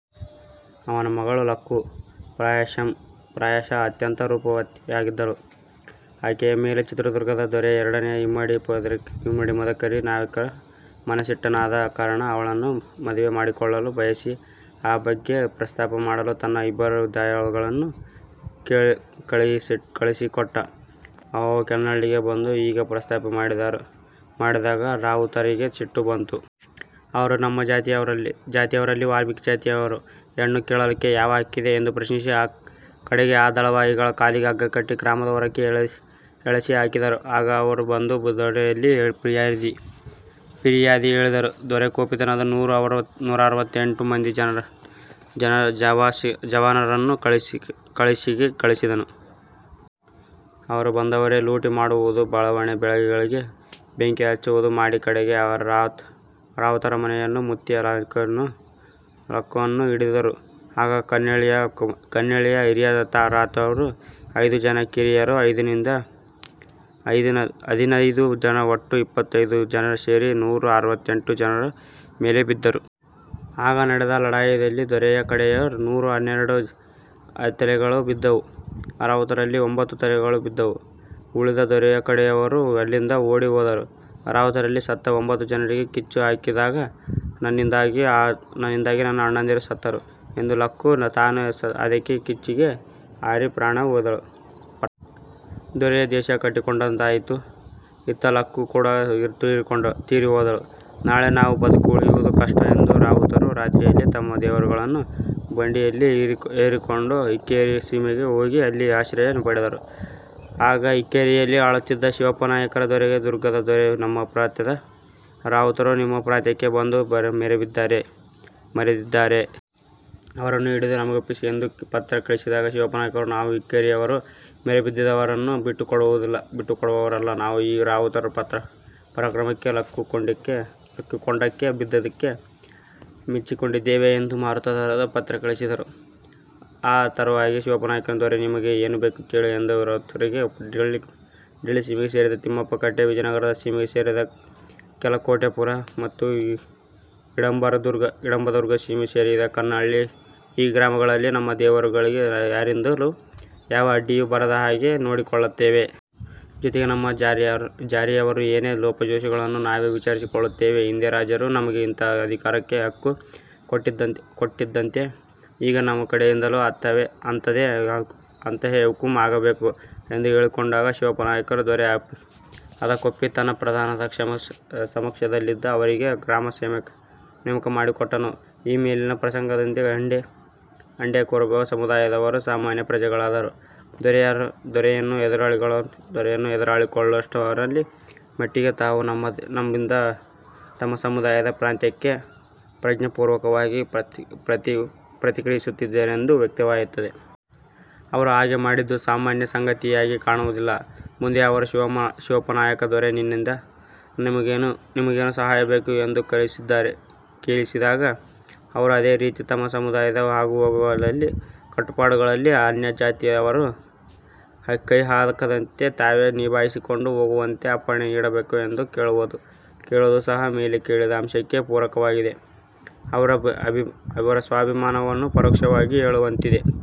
ಅವನ ಮಗಳು ಲಕ್ಕು. ಪ್ರಾಯಶಃ ಅತ್ಯಂತ ರೂಪವತಿಯಾಗಿದ್ದ ಆಕೆಯ ಮೇಲೆ ಚಿತ್ರದುರ್ಗದ ದೊರೆ ಎರಡನೇ ಇಮ್ಮಡಿ ಮದಕೇರಿ ನಾಯಕ ಮನಸ್ಸಿಟ್ಟನಾದ ಕಾರಣ ಅವಳನ್ನು ಮದುವೆ ಮಾಡಿಕೊಳ್ಳಲು ಬಯಸಿ, ಆ ಬಗ್ಗೆ ಪ್ರಸ್ತಾಪ ಮಾಡಲು ತನ್ನ ಇಬ್ಬರು ದಳವಾಯಿಗಳನ್ನು ಕಳಿಸಿಕೊಟ್ಟ. ಅವರು ಕೆನ್ನಳ್ಳಿಗೆ ಬಂದು ಈ ಬಗ್ಗೆ ಪ್ರಸ್ತಾಪ ಮಾಡಿದಾಗ ರಾವುತರಿಗೆ ಸಿಟ್ಟು ಬಂದು. ಅವರು "ನಮ್ಮ ಜಾತಿಯವರಲ್ಲಿ ವಾಲ್ಮೀಕಿ ಜಾತಿಯವರು ಹೆಣ್ಣು ಕೇಳಲಿಕ್ಕೆ ಯಾವ ಹಕ್ಕಿದೆ? " ಎಂದು ಪ್ರಶ್ನಿಸಿ, ಕಡೆಗೆ ಆ ದಳವಾಯಿಗಳ ಕಾಲಿಗೆ ಹಗ್ಗ ಕಟ್ಟಿ ಗ್ರಾಮದ ಹೊರಕ್ಕೆ ಎಳೆಸಿ ಹಾಕಿಸಿದರು. ಆಗ ಅವರು ಬಂದು ದೊರೆಯಲ್ಲಿ ಫಿರಿಯಾದಿ ಹೇಳಿದರು. ದೊರೆ ಕುಪಿತನಾಗಿ ನೂರ ಅರವತ್ತೆಂಟು ಮಂದಿ ಜವಾನರನ್ನು ಕೆನ್ನಳ್ಳಿಗೆ ಕಳಿಸಿದ. ಅವರು ಬಂದವರೇ ಲೂಡಿ ಮಾಡುವುದು, ಬಣವೆ ಬೆಳೆಗಳಿಗೆ ಬೆಂಕಿ ಹಚ್ಚುವುದು, ಮಾಡಿ ಕಡೆಗೆ ಆ ರಾವುತರ ಮನೆಯನ್ನು ಮುತ್ತಿ ಲಕ್ಕುವನ್ನು ಹಿಡಿದರು. ಆಗ ಕೆನ್ನಳ್ಳಿಯ ಹಿರಿಯರಾವುತರು ಐದು ಜನ, ಕಿರಿಯರು ಹದಿನೈದು ಜನ ಒಟ್ಟು ಇಪ್ಪತ್ತು ಜನ ಸೇರಿ ನೂರ ಅರವತ್ತೆಂಟು ಜವಾನರ ಮೇಲೆ ಬಿದ್ದರು. ಆಗ ನಡೆದ ಲಡಾಯದಲ್ಲಿ ದೊರೆಯ ಕಡೆಯವರು ನೂರ ಹನ್ನೆರಡು ತಲೆಗಳು ಬಿದ್ದವು; ರಾವುತರಲ್ಲಿ ಒಂಭತ್ತು ತಲೆಗಳು ಬಿದ್ದವು. ಉಳಿದ ದೊರೆಯ ಕಡೆಯವರು ಅಲ್ಲಿಂದ ಓಡಿ ಹೋದರು. ರಾವುತರಲ್ಲಿ ಸತ್ತ ಒಂಭತ್ತು ಜನರಿಗೆ ಕಿಚ್ಚು ಹಾಕಿದಾಗ, "ನನ್ನಿಂದಾಗಿ ನನ್ನ ಅಣ್ಣಂದಿರು ಸತ್ತರು" ಎಂದು ಲಕ್ಕು ತಾನೂ ಅದೇ ಕಿಚ್ಚಿಗೆ ಹಾರಿ ಪ್ರಾಣ ತೊರೆದಳು. "ದೊರೆಯ ದ್ವೇಷ ಕಟ್ಟಿಕೊಂಡದ್ದಾಯಿತು. ಇತ್ತ ಲಕ್ಕು ಕೂಡಾ ತೀರಿಹೋದಳು. ನಾಳೆ ನಾವು ಬದುಕಿ ಉಳಿಯುವುದು ಕಷ್ಟ" ಎಂದು ರಾವುತರು ರಾತ್ರಿಯಲ್ಲೇ ತಮ್ಮ ದೇವರುಗಳನ್ನು ಬಂಡಿಯಲ್ಲಿ ಹೇರಿಕೊಂಡು ಇಕ್ಕೇರಿ ಸೀಮೆಗೆ ಹೋಗಿ ಅಲ್ಲಿ ಆಶ್ರಯ ಪಡೆದರು. ಆಗ ಇಕ್ಕೇರಿಯಲ್ಲಿ ಆಳುತ್ತಿದ್ದ ಶಿವಪ್ಪನಾಯಕ ದೊರೆಗೆ ದುರ್ಗದ ದೊರೆ "ನಮ್ಮ ಪ್ರಾಂತದ ರಾವುತರು ನಿಮ್ಮ ಪ್ರಾಂತಕ್ಕೆ ಬಂದು ಮರೆಬಿದ್ದಿದ್ದಾರೆ. ಅವರನ್ನು ಹಿಡಿದು ನಮಗೊಪ್ಪಿಸಿ" ಎಂದು ಪತ್ರ ಕಳಿಸಿದಾಗ, ಶಿವಪ್ಪನಾಯಕ "ನಾವು ಇಕ್ಕೇರಿಯವರು, ಮರೆಬಿದ್ದವರನ್ನು ಬಿಟ್ಟುಕೊಡುವವರಲ್ಲ. ನಾವು ಈ ರಾವುತರ ಪರಾಕ್ರಮಕ್ಕೆ, ಲಕ್ಕು ಕೊಂಡಕ್ಕೆ ಬಿದ್ದದ್ದಕ್ಕೆ ಮೆಚ್ಚಿಕೊಂಡಿದ್ದೇವೆ" ಎಂದು ಮಾರುತ್ತರದ ಪತ್ರ ಕಳಿಸಿದನು. ಆ ತರುವಾಯ ಶಿವಪ್ಪನಾಯಕ ದೊರೆ "ನಿಮಗೇನು ಬೇಕೋ ಕೇಳಿ" ಎಂದಾಗ ರಾವುತರು "ಡಿಳ್ಳಿ ಸೀಮೆಗೆ ಸೇರಿದ ತಿಮ್ಮನ ಕಟ್ಟೆ, ವಿಜಯನಗರದ ಸೀಮೆಗೆ ಸೇರಿದ ಕೆಲಕೋಟೆಪುರ ಮತ್ತು ಹಿಡಂಬದುರ್ಗ ಸೀಮೆಗೆ ಸೇರಿದ ಕೆನ್ನಳ್ಳಿ, ಈ ಗ್ರಾಮಗಳಲ್ಲಿ ನಮ್ಮ ದೇವರುಗಳಿಗೆ ಯಾರಿಂದಲೂ ಯಾವ ಅಡ್ಡಿಯೂ ಬರದ ಹಾಗೆ ನೋಡಿಕೊಳ್ಳುತ್ತೇವೆ. ಜೊತೆಗೆ ನಮ್ಮ ಜಾರಿಯವರ ಏನೇ ಲೋಪದೋಷಗಳನ್ನೂ ನಾವೇ ವಿಚಾರಿಸಿಕೊಳ್ಳುತ್ತೇವೆ. ಹಿಂದೆ ರಾಜರು ನಮಗೆ ಇಂಥ ಅಧಿಕಾರ ಹಕ್ಕು ಕೊಟ್ಟಿದ್ದಂತೆ, ಈಗ ನಮ್ಮ ಕಡೆಯಿಂದಲೂ ಅಂಥದೇ ಹುಕುಂ ಆಗಬೇಕು" ಎಂದು ಕೇಳಿಕೊಂಡಾಗ ಶಿವಪ್ಪನಾಯಕ ದೊರೆ ಅದಕ್ಕೊಪ್ಪಿ ತನ್ನ ಪ್ರಧಾನದ ಸಮಕ್ಷಮದಲ್ಲಿ ಅವರಿಗೆ ಗ್ರಾಮ ನೇಮಕ ಮಾಡಿಕೊಟ್ಟನು. ಈ ಮೇಲಿನ ಪ್ರಸಂಗದಿಂದ ಹಂಡೆ ಕುರುಬ ಸಮುದಾಯದವರು ಸಾಮಾನ್ಯ ಪ್ರಜೆಗಳಾದರೂ, ದೊರೆಯನ್ನು ಎದುರುಹಾಕಿಕೊಳ್ಳುವಷ್ಟರ ಮಟ್ಟಿಗೆ ತಾವು ನಂಬಿದ್ದ ತಮ್ಮ ಸಮುದಾಯದ ಪಾವಿತ್ರ್ಯಕ್ಕೆ ಪ್ರಜ್ಞಾ ಪೂರ್ವಕವಾಗಿ ಪ್ರತಿಕ್ರಿಯಿಸುತ್ತಿದ್ದರೆಂದು ವ್ಯಕ್ತವಾಗುತ್ತದೆ. ಅವರು ಹಾಗೆ ಮಾಡಿದ್ದು ಸಾಮಾನ್ಯ ಸಂಗತಿಯಾಗಿ ಕಾಣುವುದಿಲ್ಲ. ಮುಂದೆ ಅವರು ಶಿವಪ್ಪನಾಯಕ ದೊರೆ "ನನ್ನಿಂದ ನಿಮಗೇನು ಸಹಾಯವಾಗಬೇಕು" ಎಂದು ಕೇಲಿದಾಗಲೂ ಅವರು ಅದೇ ರೀತಿ ತಮ್ಮ ಸಮುದಾಯದ ಆಗು-ಹೋಗುಗಳಲ್ಲಿ ಕಟ್ಟುಪಾಡುಗಳಲ್ಲಿ ಅನ್ಯಜಾತಿಯವರು ಕೈಹಾಕದಂತೆ, ತಾವೇ ನಿಭಾಯಿಸಿಕೊಂಡು ಹೋಗುವಂತೆ, ಅಪ್ಪಣೆ ನೀಡಬೇಕು ಎಂದು ಕೇಳುವುದು ಸಹ ಮೇಲೆ ಹೇಳಿದ ಅಂಶಕ್ಕೆ ಪೂರಕವಾಗಿದೆ. ಅವರ ಸ್ವಾಭಿಮಾನವನ್ನು ಪರೋಕ್ಷವಾಗಿ ಹೇಳುವಂತಿದೆ.